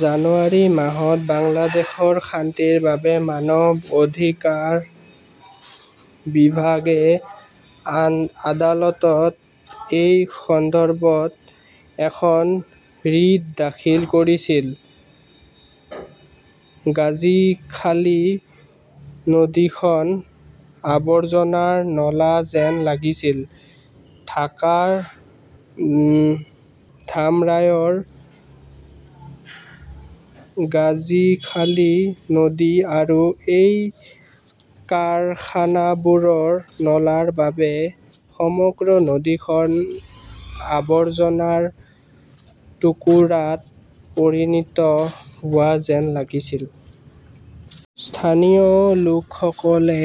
জানুৱাৰী মাহত বাংলাদেশৰ শান্তিৰ বাবে মানৱ অধিকাৰ বিভাগে আদালতত এই সন্দৰ্ভত এখন ৰিট দাখিল কৰিছিল। গাজীখালী নদীখন আৱৰ্জনাৰ নলা যেন লাগিছিল। ঢাকাৰ ধামৰাইৰ গাজীখালী নদী, আৰু এই কাৰখানাবোৰৰ নলাৰ বাবে সমগ্ৰ নদীখন আৱৰ্জনাৰ টুকুৰাত পৰিণত হোৱা যেন লাগিছিল। স্থানীয় লোকসকলে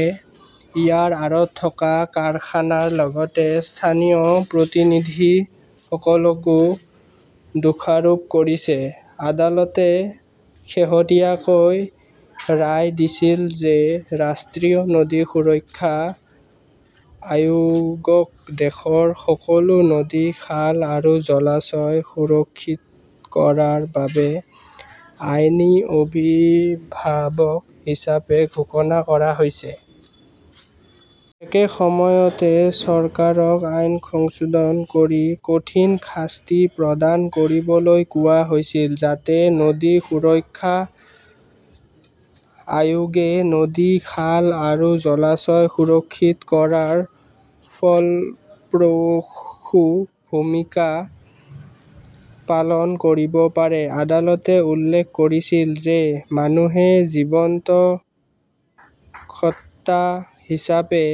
ইয়াৰ আৰত থকা কাৰখানাৰ লগতে স্থানীয় প্ৰতিনিধিসকলকো দোষাৰোপ কৰিছে। আদালতে শেহতীয়াকৈ ৰায় দিছিল যে ৰাষ্ট্ৰীয় নদী সুৰক্ষা আয়োগক দেশৰ সকলো নদী, খাল আৰু জলাশয় সুৰক্ষিত কৰাৰ বাবে 'আইনী অভিভাৱক হিচাপে ঘোষণা কৰা হৈছে। একে সময়তে, চৰকাৰক আইন সংশোধন কৰি 'কঠিন শাস্তি প্ৰদান কৰিবলৈ কোৱা হৈছিল যাতে নদী সুৰক্ষা আয়োগে নদী, খাল আৰু জলাশয় সুৰক্ষিত কৰাত ফলপ্ৰসূ ভূমিকা পালন কৰিব পাৰে। আদালতে উল্লেখ কৰিছিল যে মানুহে জীৱন্ত সত্তা হিচাপে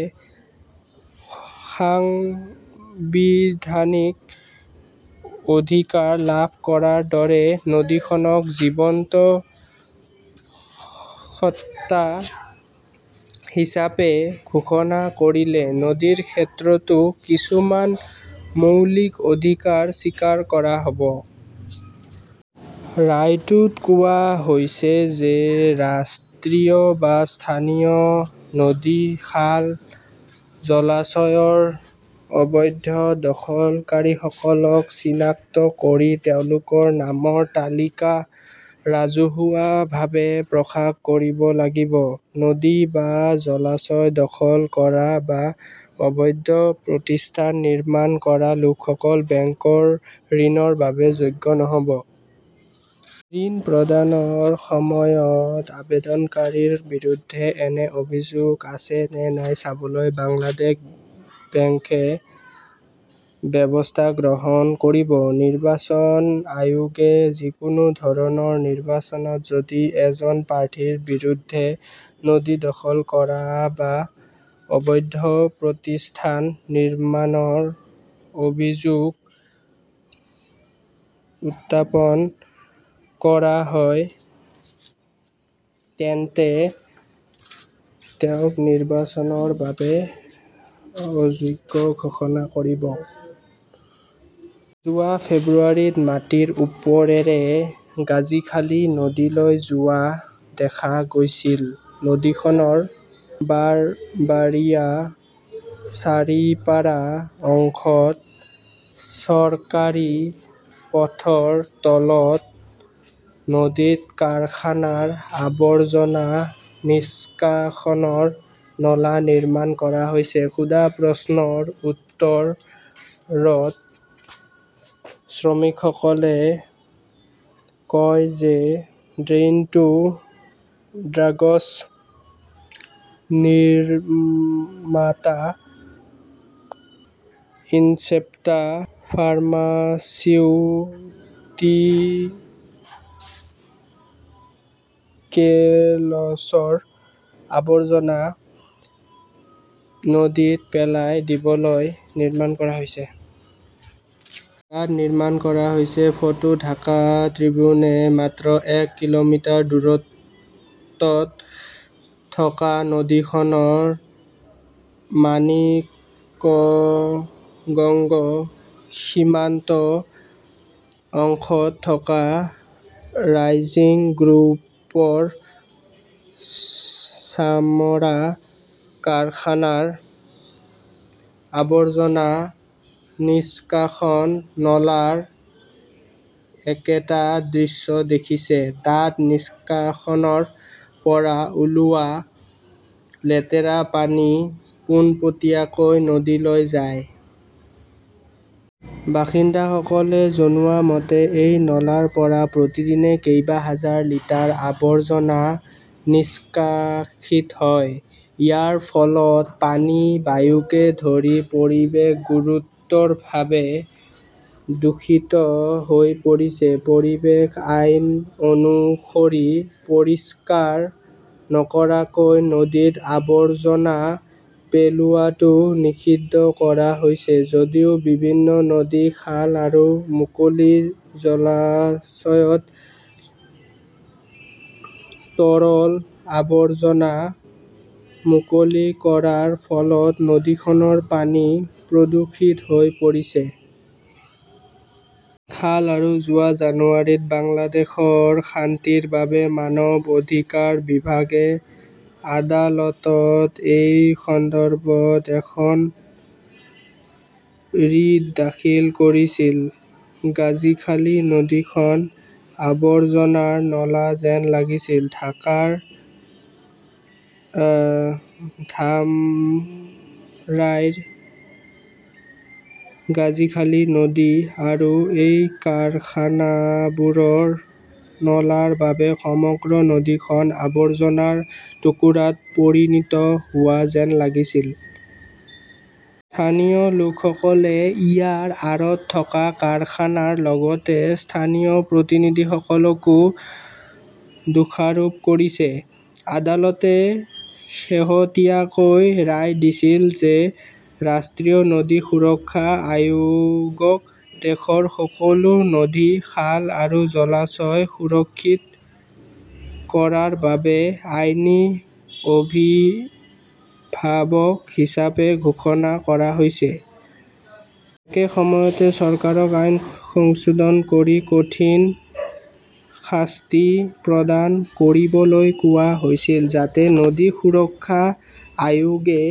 সাংবিধানিক অধিকাৰ লাভ কৰাৰ দৰে, নদীখনক 'জীৱন্ত সত্তা হিচাপে ঘোষণা কৰিলে নদীৰ ক্ষেত্ৰতো কিছুমান মৌলিক অধিকাৰ স্বীকাৰ কৰা হ'ব। ৰায়টোত কোৱা হৈছে যে ৰাষ্ট্ৰীয় বা স্থানীয়- নদী, খাল, জলাশয়ৰ অবৈধ দখলকাৰীসকলক চিনাক্ত কৰি তেওঁলোকৰ নামৰ তালিকা ৰাজহুৱাভাৱে প্ৰকাশ কৰিব লাগিব। নদী বা জলাশয় দখল কৰা বা অবৈধ প্ৰতিষ্ঠান নিৰ্মাণ কৰা লোকসকল বেংকৰ ঋণৰ বাবে যোগ্য নহ 'ব। ঋণ প্ৰদানৰ সময়ত আবেদনকাৰীৰ বিৰুদ্ধে এনে অভিযোগ আছে নে নাই চাবলৈ বাংলাদেশ বেংকে ব্যৱস্থা গ্ৰহণ কৰিব।. নিৰ্বাচন আয়োগে যিকোনো ধৰণৰ নিৰ্বাচনত যদি এজন প্ৰাৰ্থীৰ বিৰুদ্ধে নদী দখল কৰা বা অবৈধ প্ৰতিষ্ঠান নিৰ্মাণৰ অভিযোগ উত্থাপন কৰা হয় তেন্তে তেওঁক নিৰ্বাচনৰ বাবে অযোগ্য ঘোষণা কৰিব। যোৱা ফেব্ৰুৱাৰীত মাটিৰ ওপৰেৰে গাজীখালী নদীলৈ যোৱা দেখা গৈছিল, নদীখনৰ বাৰবাৰিয়া-চাৰিপাৰা অংশত চৰকাৰী পথৰ তলত নদীত কাৰখানাৰ আৱৰ্জনা নিষ্কাশনৰ নলা নিৰ্মাণ কৰা হৈছে। সোধা প্ৰশ্নৰ উত্তৰত শ্ৰমিকসকলে কয় যে ড্ৰেইনটো ড্ৰাগছ নিৰ্মাতা ইনচেপ্টা ফাৰ্মাচিউটিকেলছৰ আৱৰ্জনা নদীত পেলাই দিবলৈ নিৰ্মাণ কৰা হৈছে। গাঁত নিৰ্মাণ কৰা হৈছে। ফটো ঢাকা ট্ৰিবিউনে মাত্ৰ এক কিলোমিটাৰ দূৰত্বত থকা নদীখনৰ মানিকগঞ্জ সীমান্ত অংশত থকা ৰাইজিং গ্ৰুপৰ চামৰা কাৰখানাৰ আৱৰ্জনা নিষ্কাশন নলাৰ একেটা দৃশ্য দেখিছে। তাত নিষ্কাশনৰ পৰা ওলোৱা লেতেৰা পানী পোনপটীয়াকৈ নদীলৈ যায়। বাসিন্দাসকলে জনোৱা মতে এই নলাৰ পৰা প্ৰতিদিনে কেইবা হাজাৰ লিটাৰ আৱৰ্জনা নিষ্কাশিত হয়। ইয়াৰ ফলত পানী, বায়ুকে ধৰি পৰিৱেশ গুৰুতৰভাৱে দূষিত হৈ পৰিছে। পৰিৱেশ আইন অনুসৰি, পৰিষ্কাৰ নকৰাকৈ নদীত আৱৰ্জনা পেলোৱাটো নিষিদ্ধ কৰা হৈছে যদিও বিভিন্ন নদী, খাল আৰু মুকলি জলাশয়ত তৰল আৱৰ্জনা মুকলি কৰাৰ ফলত নদীখনৰ পানী প্ৰদূষিত হৈ পৰিছে। খাল আৰু"যোৱা জানুৱাৰীত বাংলাদেশৰ শান্তিৰ বাবে মানৱ অধিকাৰ বিভাগে আদালতত এই সন্দৰ্ভত এখন ৰিট দাখিল কৰিছিল। গাজীখালী নদীখন আৱৰ্জনাৰ নলা যেন লাগিছিল! ঢাকাৰ ধামৰাইৰ গাজীখালী নদী। আৰু এই কাৰখানাবোৰৰ নলাৰ বাবে সমগ্ৰ নদীখন আৱৰ্জনাৰ টুকুৰাত পৰিণত হোৱা যেন লাগিছিল। স্থানীয় লোকসকলে ইয়াৰ আঁৰত থকা কাৰখানাৰ লগতে স্থানীয় প্ৰতিনিধিসকলকো দোষাৰোপ কৰিছে। আদালতে শেহতীয়াকৈ ৰায় দিছিল যে ৰাষ্ট্ৰীয় নদী সুৰক্ষা আয়োগক দেশৰ সকলো নদী, খাল আৰু জলাশয় সুৰক্ষিত কৰাৰ বাবে 'আইনী অভিভাৱক ""হিচাপে ঘোষণা কৰা হৈছে। একে সময়তে, চৰকাৰক আইন সংশোধন কৰি 'কঠিন শাস্তি ""প্ৰদান কৰিবলৈ কোৱা হৈছিল যাতে নদী সুৰক্ষা আয়োগে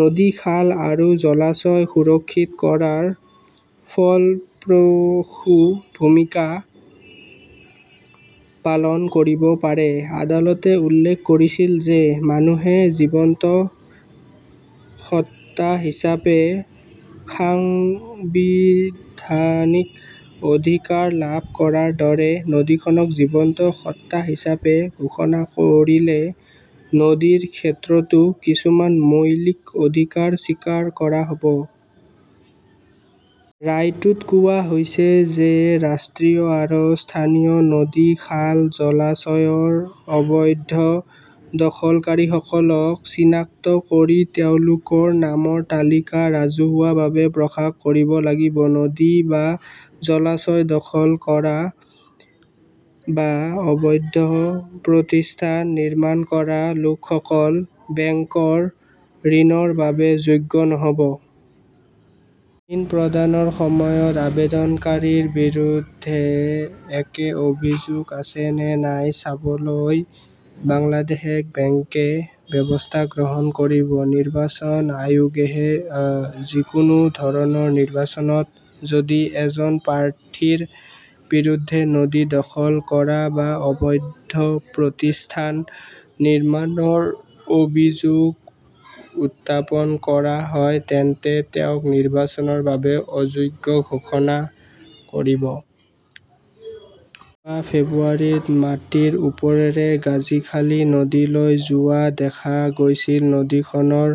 নদী, খাল আৰু জলাশয় সুৰক্ষিত কৰাত ফলপ্ৰসূ ভূমিকা পালন কৰিব পাৰে। আদালতে উল্লেখ কৰিছিল যে মানুহে জীৱন্ত সত্তা হিচাপে সাংবিধানিক অধিকাৰ লাভ কৰাৰ দৰে, নদীখনক 'জীৱন্ত সত্তা ""হিচাপে ঘোষণা কৰিলে নদীৰ ক্ষেত্ৰতো কিছুমান মৌলিক অধিকাৰ স্বীকাৰ কৰা হ' ব। ৰায়টোত কোৱা হৈছে যে ৰাষ্ট্ৰীয় বা স্থানীয়-. নদী, খাল, জলাশয়ৰ অবৈধ দখলকাৰীসকলক চিনাক্ত কৰি তেওঁলোকৰ নামৰ তালিকা ৰাজহুৱাভাৱে প্ৰকাশ কৰিব লাগিব।. নদী বা জলাশয় দখল কৰা বা অবৈধ প্ৰতিষ্ঠান নিৰ্মাণ কৰা লোকসকল বেংকৰ ঋণৰ বাবে যোগ্য নহ 'ব। ঋণ প্ৰদানৰ সময়ত আবেদনকাৰীৰ বিৰুদ্ধে এনে অভিযোগ আছে নে নাই চাবলৈ বাংলাদেশ বেংকে ব্যৱস্থা গ্ৰহণ কৰিব।. নিৰ্বাচন আয়োগে যিকোনো ধৰণৰ নিৰ্বাচনত যদি এজন প্ৰাৰ্থীৰ বিৰুদ্ধে নদী দখল কৰা বা অবৈধ প্ৰতিষ্ঠান নিৰ্মাণৰ অভিযোগ উত্থাপন কৰা হয় তেন্তে তেওঁক নিৰ্বাচনৰ বাবে অযোগ্য ঘোষণা কৰিব। যোৱা ফেব্ৰুৱাৰীত মাটিৰ ওপৰেৰে গাজীখালী নদীলৈ যোৱা দেখা গৈছিল, নদীখনৰ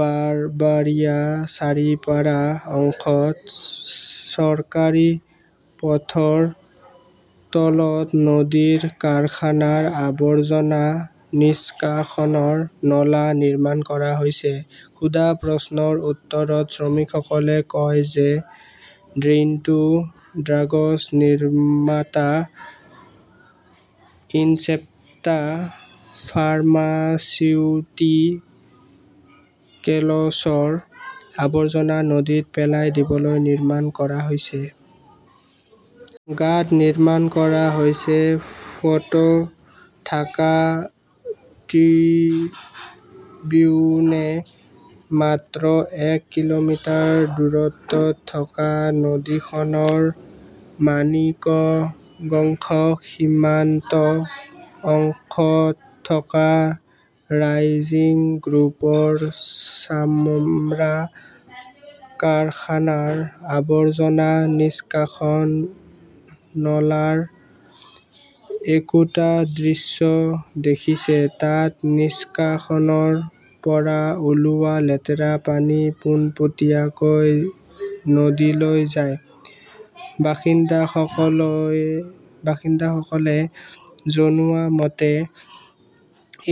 বাৰবাৰিয়া-চাৰিপাৰা অংশত চৰকাৰী পথৰ তলত নদীত কাৰখানাৰ আৱৰ্জনা নিষ্কাশনৰ নলা নিৰ্মাণ কৰা হৈছে। সোধা প্ৰশ্নৰ উত্তৰত শ্ৰমিকসকলে কয় যে ড্ৰেইনটো ড্ৰাগছ নিৰ্মাতা ইনচেপ্টা ফাৰ্মাচিউটিকেলছৰ আৱৰ্জনা নদীত পেলাই দিবলৈ নিৰ্মাণ কৰা হৈছে। গাঁত নিৰ্মাণ কৰা হৈছে। ফটো ,ঢাকা ট্ৰিবিউনে মাত্ৰ এক কিলোমিটাৰ দূৰত্বত থকা নদীখনৰ মানিকগঞ্জ সীমান্ত অংশত থকা ৰাইজিং গ্ৰুপৰ চামৰা কাৰখানাৰ আৱৰ্জনা নিষ্কাশন নলাৰ একেটা দৃশ্য দেখিছে। তাত নিষ্কাশনৰ পৰা ওলোৱা লেতেৰা পানী পোনপটীয়াকৈ নদীলৈ যায়। বাসিন্দাসকলে জনোৱা মতে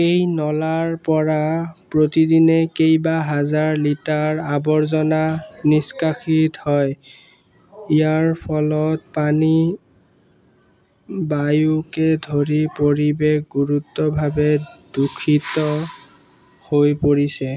এই নলাৰ পৰা প্ৰতিদিনে কেইবা হাজাৰ লিটাৰ আৱৰ্জনা নিষ্কাশিত হয়। ইয়াৰ ফলত পানী, বায়ুকে ধৰি পৰিৱেশ গুৰুতৰভাৱে দূষিত হৈ পৰিছে।